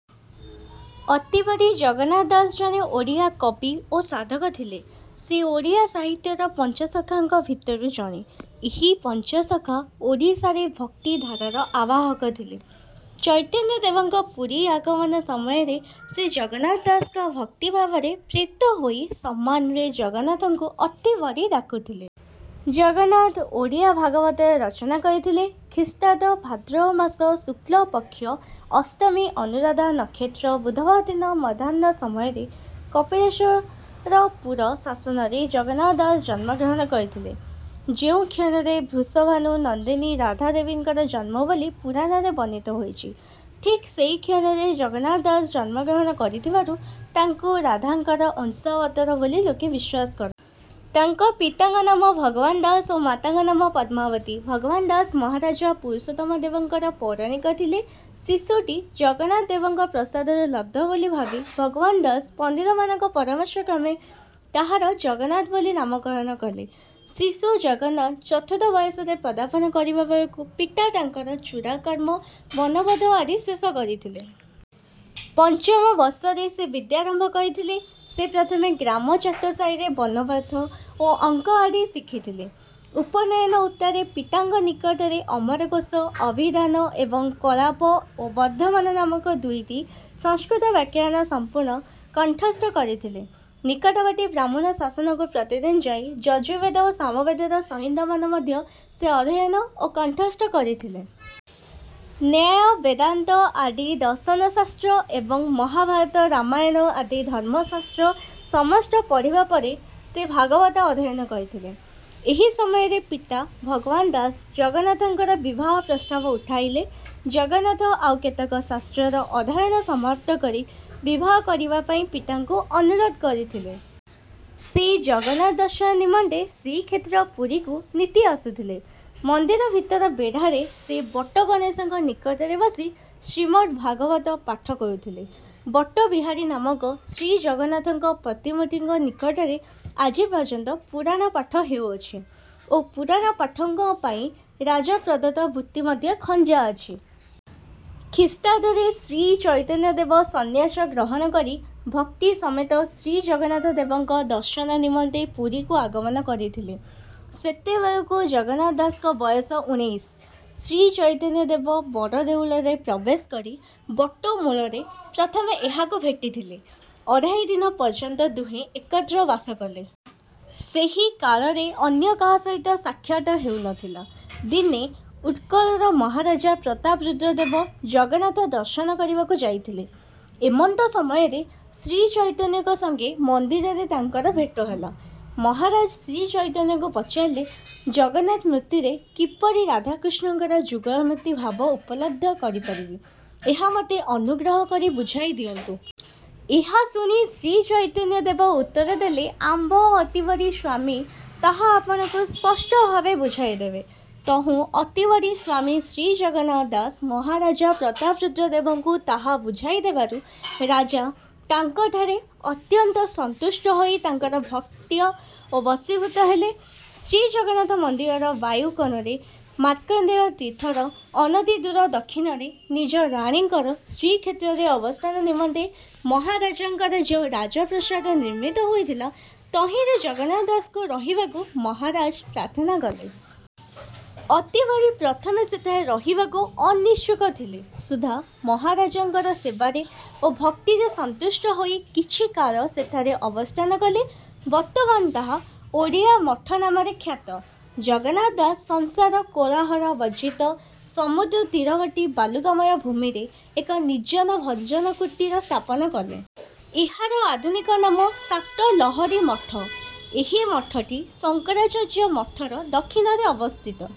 ଅତିବଡ଼ି ଜଗନ୍ନାଥ ଦାସ ଜଣେ ଓଡ଼ିଆ କବି ଓ ସାଧକ ଥିଲେ। ସେ ଓଡ଼ିଆ ସାହିତ୍ୟର ପଞ୍ଚସଖାଙ୍କ ଭିତରୁ ଜଣେ। ଏହି ପଞ୍ଚସଖା ଓଡ଼ିଶାରେ "ଭକ୍ତି" ଧାରାର ଆବାହକ ଥିଲେ। ଚୈତନ୍ୟ ଦେବଙ୍କ ପୁରୀ ଆଗମନ ସମୟରେ ସେ ଜଗନ୍ନାଥ ଦାସଙ୍କ ଭକ୍ତିଭାବରେ ପ୍ରୀତ ହୋଇ ସମ୍ମାନରେ ଜଗନ୍ନାଥଙ୍କୁ "ଅତିବଡ଼ି" ଡାକୁଥିଲେ। ଜଗନ୍ନାଥ ଓଡ଼ିଆ ଭାଗବତର ରଚନା କରିଥିଲେ। ଖ୍ରୀଷ୍ଟାଦ୍ଦ ଭାଦ୍ରବମାସ ଶୁକ୍ଳପକ୍ଷ ଅଷ୍ଟମୀ ଅନୁରାଧା ନକ୍ଷତ୍ର ବୁଧବାର ଦିନ ମଧ୍ୟାହ୍ନ ସମୟରେ କପିଳେଶ୍ୱରପୁର ଶାସନରେ ଜଗନ୍ନାଥ ଦାସ ଜନ୍ମଗ୍ରହଣ କରିଥିଲେ। ଯେଉଁ କ୍ଷଣରେ ବୃଷଭାନୁ ନନ୍ଦିନୀ ରାଧା ଦେବୀଙ୍କର ଜନ୍ମ ବୋଲି ପୁରାଣରେ ବର୍ଣ୍ଣିତ ହୋଇଛି, ଠିକ ସେହିକ୍ଷଣରେ ଜଗନ୍ନାଥ ଦାସ ଜନ୍ମଗ୍ରହଣ କରିଥିବାରୁ ତାଙ୍କୁ ରାଧାଙ୍କର ଅଂଶାବତାର ବୋଲି ଲୋକେ ବିଶ୍ୱାସ କରନ୍ତି। ତାଙ୍କ ପିତାଙ୍କ ନାମ ଭଗବାନ ଦାସ ଓ ମାତାଙ୍କ ନାମ ପଦ୍ମାବତୀ। ଭଗବାନ ଦାଶ ମହାରାଜା ପୁରୁଷୋତ୍ତମ ଦେବଙ୍କର ପୌରାଣିକ ଥିଲେ। ଶିଶୁଟି ଜଗନ୍ନାଥ ଦେବଙ୍କ ପ୍ରସାଦରୁ ଲବ୍ଧ ବୋଲି ଭାବି ଭଗବାନ ଦାସ ପଣ୍ଡିତମାନଙ୍କ ପରାମର୍ଶକ୍ରମେ ତାହାର ଜଗନ୍ନାଥ ବୋଲି ନାମକରଣ କଲେ। ଶିଶୁ ଜଗନ୍ନାଥ ଚତୁର୍ଥ ବୟସରେ ପଦାର୍ପଣ କରିବା ବେଳକୁ ପିତା ତାଙ୍କର ଚୂଡ଼ାକର୍ମ, ବଣ୍ଣବୋଧ ଆଦି ଶେଷ କରିଥିଲେ। ପଞ୍ଚମ ବର୍ଷରେ ସେ ବିଦ୍ୟାରମ୍ଭ କରିଥିଲେ। ସେ ପ୍ରଥମେ ଗ୍ରାମ ଚାଟଶାଳୀରେ ବର୍ଣ୍ଣପାଠ ଓ ଅଙ୍କ ଆଦି ଶିଖିଥିଲେ। ଉପନୟନ ଉତ୍ତାରେ ପିତାଙ୍କ ନିକଟରେ ଅମରକୋଷ, ଅଭିଧାନ ଏବଂ କଳାପ ଓ ବର୍ଦ୍ଧମାନ ନାମକ ଦୁଇଟି ସଂସ୍କୃତ ବ୍ୟାକରଣ ସମ୍ପୂର୍ଣ୍ଣ କଣ୍ଠସ୍ଥ କରିଥିଲେ। ନିକଟବର୍ତ୍ତୀ ବ୍ରାହ୍ମଣ ଶାସନକୁ ପ୍ରତିଦିନ ଯାଇ ଯଜୁର୍ବେଦ ଓ ସାମବେଦର ସଂହିତାମାନ ମଧ୍ୟ ସେ ଅଧ୍ୟୟନ ଓ କଣ୍ଠସ୍ଥ କରିଥିଲେ। ନ୍ୟାୟ ବେଦାନ୍ତ ଆଦି ଦର୍ଶନଶାସ୍ତ୍ର ଏବଂ ମହାଭାରତ ରାମାୟଣ ଆଦି ଧର୍ମଶାସ୍ତ୍ର ସମସ୍ତ ପଢ଼ିବା ପରେ ସେ ଭାଗବତ ଅଧ୍ୟୟନ କରିଥିଲେ। ଏହି ସମୟରେ ପିତା ଭଗବାନ ଦାସ ଜଗନ୍ନାଥଙ୍କର ବିବାହ ପ୍ରସ୍ତାବ ଉଠାଇଲେ। ଜଗନ୍ନାଥ ଆଉ କେତେକ ଶାସ୍ତ୍ରର ଅଧ୍ୟୟନ ସମାପ୍ତ କରି ବିବାହ କରିବା ପାଇଁ ପିତାଙ୍କୁ ଅନୁରୋଧ କରିଥିଲେ। ସେ ଜଗନ୍ନାଥ ଦର୍ଶନ ନିମନ୍ତେ ଶ୍ରୀକ୍ଷେତ୍ର ପୁରୀକୁ ନିତି ଆସୁଥିଲେ। ମନ୍ଦିର ଭିତର ବେଢ଼ାରେ ସେ ବଟଗଣେଶଙ୍କ ନିକଟରେ ବସି ଶ୍ରୀମଦ୍ ଦ୍ଭାଗବତ ପାଠ କରୁଥିଲେ। ବଟବିହାରୀ ନାମକ ଶ୍ରୀଜଗନ୍ନାଥଙ୍କ ପ୍ରତିମୂର୍ତ୍ତିଙ୍କ ନିକଟରେ ଆଜି ପର୍ଯ୍ୟନ୍ତ ପୁରାଣ ପାଠ ହେଉଅଛି ଓ ପୁରାଣ ପାଠକଙ୍କ ପାଇଁ ରାଜପ୍ରଦତ୍ତ ବୃତ୍ତି ମଧ୍ୟ ଖଞ୍ଜା ଅଛି। ଖ୍ରୀଷ୍ଟାଦ୍ଦରେ ଶ୍ରୀ ଚୈତନ୍ୟଦେବ ସନ୍ନ୍ୟାସ ଗ୍ରହଣ କରି ଭକ୍ତି ସମେତ ଶ୍ରୀଜଗନ୍ନାଥ ଦେବଙ୍କ ଦର୍ଶନ ନିମନ୍ତେ ପୁରୀକୁ ଆଗମନ କରିଥିଲେ। ସେତେବେଳକୁ ଜଗନ୍ନାଥ ଦାସଙ୍କ ବୟସ ଉଣେଇଶ। ଶ୍ରୀଚୈତନ୍ୟ ଦେବ ବଡ଼ଦେଉଳରେ ପ୍ରବେଶ କରି ବଟ ମୂଳରେ ପ୍ରଥମେ ଏହାଙ୍କୁ ଭେଟିଥିଲେ। ଅଢ଼ାଇ ଦିନ ପର୍ଯ୍ୟନ୍ତ ଦୁହେଁ ଏକତ୍ର ବାସ କଲେ। ସେହି କାଳରେ ଅନ୍ୟ କାହା ସହିତ ସାକ୍ଷାତ ହେଉନଥିଲା। ଦିନେ ଉତ୍କଳର ମହାରାଜା ପ୍ରତାପରୁଦ୍ର ଦେବ ଜଗନ୍ନାଥ ଦର୍ଶନ କରିବାକୁ ଯାଇଥିଲେ, ଏମନ୍ତ ସମୟରେ ଶ୍ରୀଚୈତନ୍ୟଙ୍କ ସଙ୍ଗେ ମନ୍ଦିରରେ ତାଙ୍କର ଭେଟ ହେଲା, ମହାରାଜ ଶ୍ରୀଚୈତନଙ୍କୁ ପଚାରିଲେ, "ଜଗନ୍ନାଥ ମୂର୍ତ୍ତିରେ କିପରି ରାଧାକୃଷ୍ଣଙ୍କର ଯୁଗଳମୂର୍ତ୍ତି ଭାବ ଉପଲବ୍ଧି କରି ପାରିବି, ଏହା ମୋତେ ଅନୁଗ୍ରହ କରି ବୁଝାଇ ଦିଅନ୍ତୁ"। ଏହା ଶୁଣି ଶ୍ରୀଚୈତନ୍ୟ ଦେବ ଉତ୍ତର ଦେଲେ 'ଆମ୍ଭ ଅତିବଡ଼ି ସ୍ୱାମୀ ତାହା ଆପଣଙ୍କୁ ସ୍ପଷ୍ଟଭାବେ ବୁଝାଇ ଦେବେ"। ତହୁଁ ଅତିବଡ଼ି ସ୍ୱାମୀ ଶ୍ରୀ ଜଗନ୍ନାଥ ଦାସ ମହାରାଜ ପ୍ରତାପରୁଦ୍ର ଦେବଙ୍କୁ ତାହା ବୁଝାଇ ଦେବାରୁ ରାଜା ତାଙ୍କଠାରେ ଅତ୍ୟନ୍ତ ସନ୍ତୁଷ୍ଟ ହୋଇ ତାଙ୍କର ଭକ୍ତ ଓ ବଶୀଭୂତ ହେଲେ ଶ୍ରୀ ଜଗନ୍ନାଥ ମନ୍ଦିରର ବାୟୁ କୋଣରେ ମାର୍କଣ୍ଡେୟ ତୀର୍ଥର ଅନତିଦୂର ଦକ୍ଷିଣରେ ନିଜ ରାଣୀଙ୍କର ଶ୍ରୀକ୍ଷେତ୍ରରେ ଅବସ୍ଥାନ ନିମନ୍ତେ ମହାରାଜାଙ୍କର ଯେଉଁ ରାଜପ୍ରସାଦ ନିର୍ମିତ ହୋଇଥିଲା, ତହିଁରେ ଜଗନ୍ନାଥ ଦାସଙ୍କୁ ରହିବାକୁ ମହାରାଜ ପ୍ରାର୍ଥନା କଲେ। ଅତିବଡ଼ି ପ୍ରଥମେ ସେଠାରେ ରହିବାକୁ ଅନିଚ୍ଛୁକ ଥିଲେ ସୁଦ୍ଧା ମହରାଜଙ୍କର ସେବାରେ ଓ ଭକ୍ତିରେ ସନ୍ତୁଷ୍ଟ ହୋଇ କିଛି କାଳ ସେଠାରେ ଅବସ୍ଥାନ କଲେ ବର୍ତ୍ତମାନ ତାହା ଓଡ଼ିଆମଠ ନାମରେ ଖ୍ୟାତ। ଜଗନ୍ନାଥ ଦାସ ସଂସାର କୋଳାହଳ ବର୍ଜ୍ଜିତ ସମୁଦ୍ରତୀରବର୍ତ୍ତୀ ବାଲୁକାମୟ ଭୂମିରେ ଏକ ନିର୍ଜନ ଭଜନ କୁଟୀର ସ୍ଥାପନ କଲେ। ଏହାର ଆଧୁନିକ ନାମ ସାତଲହଡ଼ି ମଠ। ଏହି ମଠଟି ଶଙ୍କରାଚାର୍ଯ୍ୟ ମଠର ଦକ୍ଷିଣରେ ଅବସ୍ଥିତ।